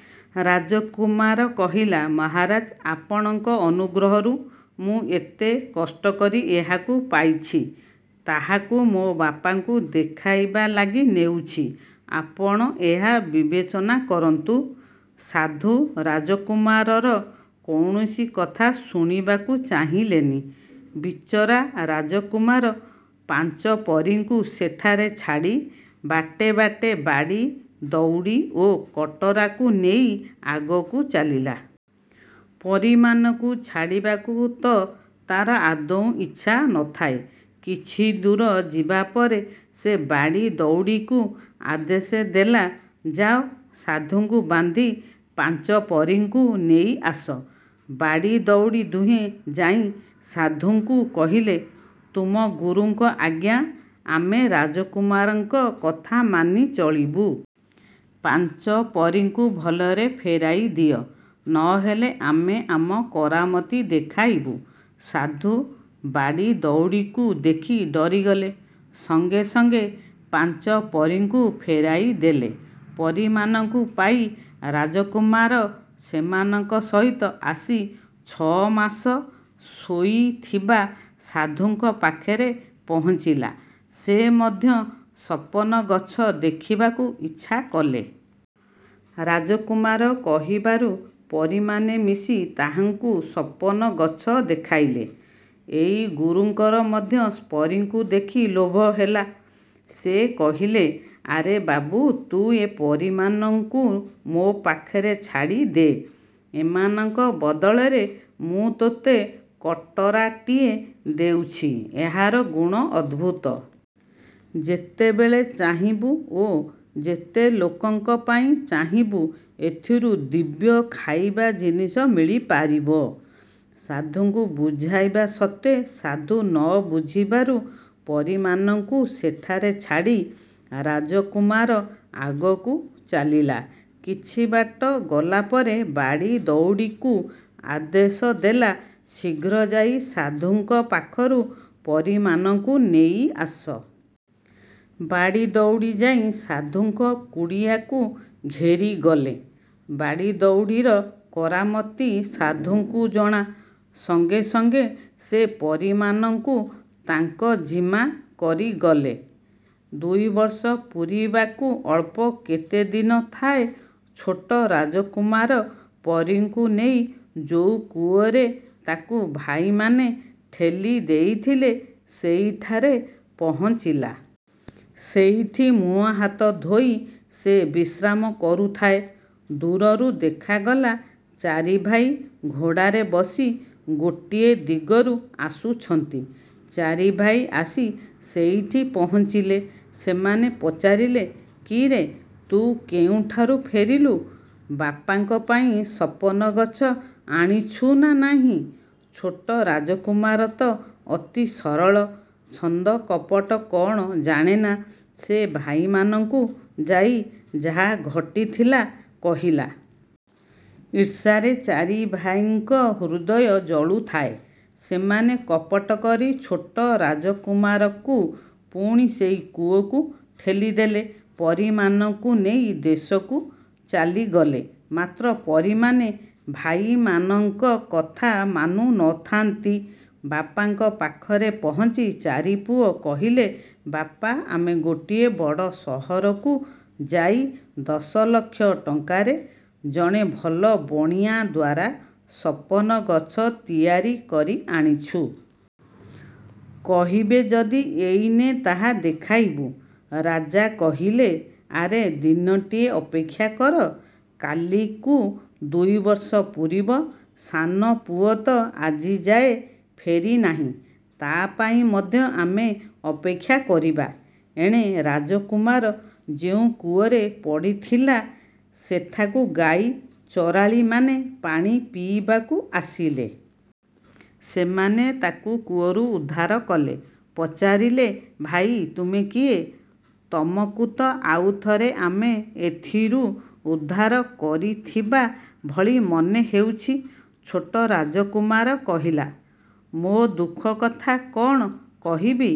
'' ରାଜକୁମାର କହିଲା- ''ମହାରାଜ, ଆପଣଙ୍କ ଅନୁଗ୍ରହରୁ ମୁଁ ଏତେ କଷ୍ଟକରି ଏହାକୁ ପାଇଛି। ତାହାକୁ ମୋ ବାପାଙ୍କୁ ଦେଖାଇବା ଲାଗି ନେଉଛି। ଆପଣ ଏହା ବିବେଚନା କରନ୍ତୁ। '' ସାଧୁ ରାଜକୁମାରର କୌଣସି କଥା ଶୁଣିବାକୁ ଚାହିଁଲେନି। ବିଚାରା ରାଜକୁମାର ପାଞ୍ଚପରୀଙ୍କୁ ସେଠାରେ ଛାଡ଼ି ବାଟେ ବାଟେ ବାଡ଼ି ଦଉଡ଼ି ଓ କଟରାକୁ ନେଇ ଆଗକୁ ଚାଲିଲା। ପରୀମାନଙ୍କୁ ଛାଡ଼ିବାକୁ ତ ତା'ର ଆଦୌ ଇଚ୍ଛା ନଥାଏ। କିଛିଦୂର ଯିବା ପରେ ସେ ବାଡ଼ି ଦଉଡ଼ିକୁ ଆଦେଶ ଦେଲା-''ଯାଅ, ସାଧୁଙ୍କୁ ବାନ୍ଧି ପାଞ୍ଚପରୀଙ୍କୁ ନେଇ ଆସ। '' ବାଡ଼ି ଦଉଡ଼ି ଦୁହେଁ ଯାଇ ସାଧୁଙ୍କୁ କହିଲେ- ''ତୁମ ଗୁରୁଙ୍କ ଆଜ୍ଞା, ଆମେ ରାଜକୁମାରଙ୍କ କଥା ମାନି ଚଳିବୁ! ପାଞ୍ଚପରୀଙ୍କୁ ଭଲରେ ଫେରାଇ ଦିଅ। ନହେଲେ ଆମେ ଆମ କରାମତି ଦେଖାଇବୁ। '' ସାଧୁ ବାଡ଼ି ଦଉଡ଼ିକୁ ଦେଖି ଡରିଗଲେ। ସଙ୍ଗେ ସଙ୍ଗେ ପାଞ୍ଚ ପରୀଙ୍କୁ ଫେରାଇ ଦେଲେ। ପରୀମାନଙ୍କୁ ପାଇ ରାଜକୁମାର ସେମାନଙ୍କ ସହିତ ଆସି ଛ'ମାସ ଶୋଇଥିବା ସାଧୁଙ୍କ ପାଖରେ ପହଞ୍ଚିଲା। ସେ ମଧ୍ୟ ସପନ ଗଛ ଦେଖିବାକୁ ଇଚ୍ଛାକଲେ। ରାଜକୁମାର କହିବାରୁ ପରୀମାନେ ମିଶି ତାହାଙ୍କୁ ସପନ ଗଛ ଦେଖାଇଲେ। ଏଇ ଗୁରୁଙ୍କର ମଧ୍ୟ ପରୀଙ୍କୁ ଦେଖି ଲୋଭ ହେଲା। ସେ କହିଲେ- ''ଆରେ ବାବୁ, ତୁ ଏ ପରୀମାନଙ୍କୁ ମୋ ପାଖରେ ଛାଡ଼ି ଦେ'। ଏମାନଙ୍କ ବଦଳରେ ମୁଁ ତୋତେ କଟରାଟିଏ ଦେଉଛି। ଏହାର ଗୁଣ ଅଦ୍ଭୁତ। ଯେତେବେଳେ ଚାହିଁବୁ ଓ ଯେତେଲୋକଙ୍କ ପାଇଁ ଚାହିଁବୁ ଏଥିରୁ ଦିବ୍ୟ ଖାଇବା ଜିନିଷ ମିଳିପାରିବ। '' ସାଧୁଙ୍କୁ ବୁଝାଇବା ସତ୍ତ୍ୱେ ସାଧୁ ନ ବୁଝିବାରୁ ପରୀମାନଙ୍କୁ ସେଠାରେ ଛାଡ଼ି ରାଜକୁମାର ଆଗକୁ ଚାଲିଲା। କିଛି ବାଟ ଗଲାପରେ ବାଡ଼ି ଦଉଡ଼ିକୁ ଆଦେଶ ଦେଲା-''ଶିଘ୍ର ଯାଇ ସାଧୁଙ୍କ ପାଖରୁ ପରୀମାନଙ୍କୁ ନେଇ ଆସ। '' ବାଡ଼ି ଦଉଡ଼ି ଯାଇ ସାଧୁଙ୍କ କୁଡ଼ିଆକୁ ଘେରିଗଲେ। ବାଡ଼ି ଦଉଡ଼ିର କରାମତି ସାଧୁଙ୍କୁ ଜଣା। ସଙ୍ଗେ ସଙ୍ଗେ ସେ ପରୀମାନଙ୍କୁ ତାଙ୍କ ଜିମା କରିଗଲେ। ଦୁଇବର୍ଷ ପୂରିବାକୁ ଅଳ୍ପ କେତେଦିନ ଥାଏ। ଛୋଟ ରାଜକୁମାର ପରୀଙ୍କୁ ନେଇ ଯୋଉ କୂଅରେ ତାକୁ ଭାଇମାନେ ଠେଲି ଦେଇଥିଲେ ସେହିଠାରେ ପହଞ୍ଚିଲା। ସେଇଠି ମୁହଁ ହାତ ଧୋଇ ସେ ବିଶ୍ରାମ କରୁଥାଏ। ଦୂରରୁ ଦେଖାଗଲା, ଚାରିଭାଇ ଘୋଡ଼ାରେ ବସି ଗୋଟିଏ ଦିଗରୁ ଆସୁଛନ୍ତି। ଚାରିଭାଇ ଆସି ସେଇଠି ପହଞ୍ଚିଲେ। ସେମାନେ ପଚାରିଲେ- ''କିରେ, ତୁ କେଉଁଠାରୁ ଫେରିଲୁ! ବାପାଙ୍କ ପାଇଁ ସପନ ଗଛ ଆଣିଛୁ ନା ନାହିଁ? '' ଛୋଟ ରାଜକୁମାର ତ ଅତି ସରଳ; ଛନ୍ଦ କପଟ କ'ଣ ଜାଣେନା ସେ ଭାଇମାନଙ୍କୁ ଯାଇ ଯାହା ଘଟିଥିଲା କହିଲା। ଈର୍ଷାରେ ଚାରିଭାଇଙ୍କ ହୃଦୟ ଜଳୁଥାଏ। ସେମାନେ କପଟ କରି ଛୋଟ ରାଜକୁମାରକୁ ପୁଣି ସେହି କୂଅକୁ ଠେଲିଦେଲେ। ପରୀମାନଙ୍କୁ ନେଇ ଦେଶକୁ ଚାଲିଗଲେ। ମାତ୍ର ପରୀମାନେ ଭାଇମାନଙ୍କ କଥା ମାନୁ ନଥାନ୍ତି। ବାପାଙ୍କ ପାଖରେ ପହଞ୍ଚି ଚାରିପୁଅ କହିଲେ- ''ବାପା ଆମେ ଗୋଟିଏ ବଡ଼ ସହରକୁ ଯାଇ ଦଶ ଲକ୍ଷ ଟଙ୍କାରେ ଜଣେ ଭଲ ବଣିଆଦ୍ୱାରା ସପନ ଗଛ ତିଆରି କରି ଆଣିଛୁ। କହିବେ ଯଦି ଏଇନେ ତାହା ଦେଖାଇବୁ। '' ରାଜା କହିଲେ- ''ଆରେ ଦିନଟିଏ ଅପେକ୍ଷା କର। କାଲିକୁ ଦୁଇବର୍ଷ ପୂରିବ। ସାନ ପୁଅତ ଆଜିଯାଏ ଫେରିନାହିଁ। ତା' ପାଇଁ ମଧ୍ୟ ଆମେ ଅପେକ୍ଷା କରିବା। '' ଏଣେ ରାଜକୁମାର ଯେଉଁ କୂଅରେ ପଡ଼ିଥିଲା, ସେଠାକୁ ଗାଈ ଚରାଳୀମାନେ ପାଣି ପିଇବାକୁ ଆସିଲେ। ସେମାନେ ତାକୁ କୂଅରୁ ଉଦ୍ଧାର କଲେ। ପଚାରିଲେ- ''ଭାଇ, ତୁମେ କିଏ? ତମକୁ ତ ଆଉଥରେ ଆମେ ଏଥିରୁ ଉଦ୍ଧାର କରିଥିବା ଭଳି ମନେହେଉଛି। '' ଛୋଟ ରାଜକୁମାର କହିଲା- ''ମୋ ଦୁଃଖ କଥା କ'ଣ କହିବି?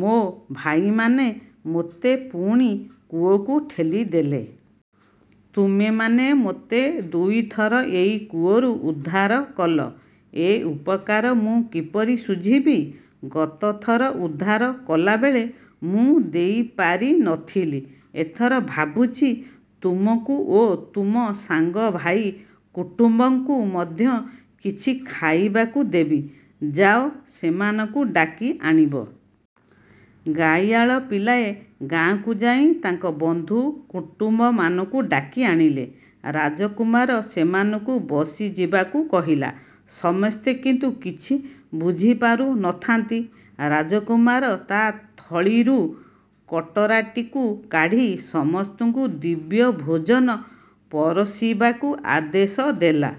ମୋ ଭାଇମାନେ ମୋତେ ପୁଣି କୂଅକୁ ଠେଲିଦେଲେ। ତୁମେମାନେ ମୋତେ ଦୁଇଥର ଏଇ କୂଅରୁ ଉଦ୍ଧାର କଲ। ଏ ଉପକାର ମୁଁ କିପରି ଶୁଝିବି? ଗତଥର ଉଦ୍ଧାର କଲାବେଳେ ମୁଁ ଦେଇପାରି। ନଥିଲି। ଏଥର ଭାବୁଛି, ତୁମକୁ ଓ ତୁମ ସାଙ୍ଗ ଭାଇ କୁଟୁମ୍ବଙ୍କୁ ମଧ୍ୟ କିଛି ଖାଇବାକୁ ଦେବି। ଯାଅ, ସେମାନଙ୍କୁ ଡାକି ଆଣିବ। '' ଗାଈଆଳ ପିଲାଏ ଗାଁକୁଯାଇ ତାଙ୍କ ବନ୍ଧୁ କୁଟୁମ୍ବମାନଙ୍କୁ ଡାକି ଆଣିଲେ। ରାଜକୁମାର ସେମାନଙ୍କୁ ବସିଯିବାକୁ କହିଲା। ସମସ୍ତେ କିନ୍ତୁ କିଛି ବୁଝିପାରୁ ନଥାନ୍ତି। ରାଜକୁମାର ତା' ଥଳିରୁ କଟରାଟିକୁ କାଢ଼ି ସମସ୍ତଙ୍କୁ ଦିବ୍ୟ ଭୋଜନ ପରଷିବାକୁ ଆଦେଶ ଦେଲା।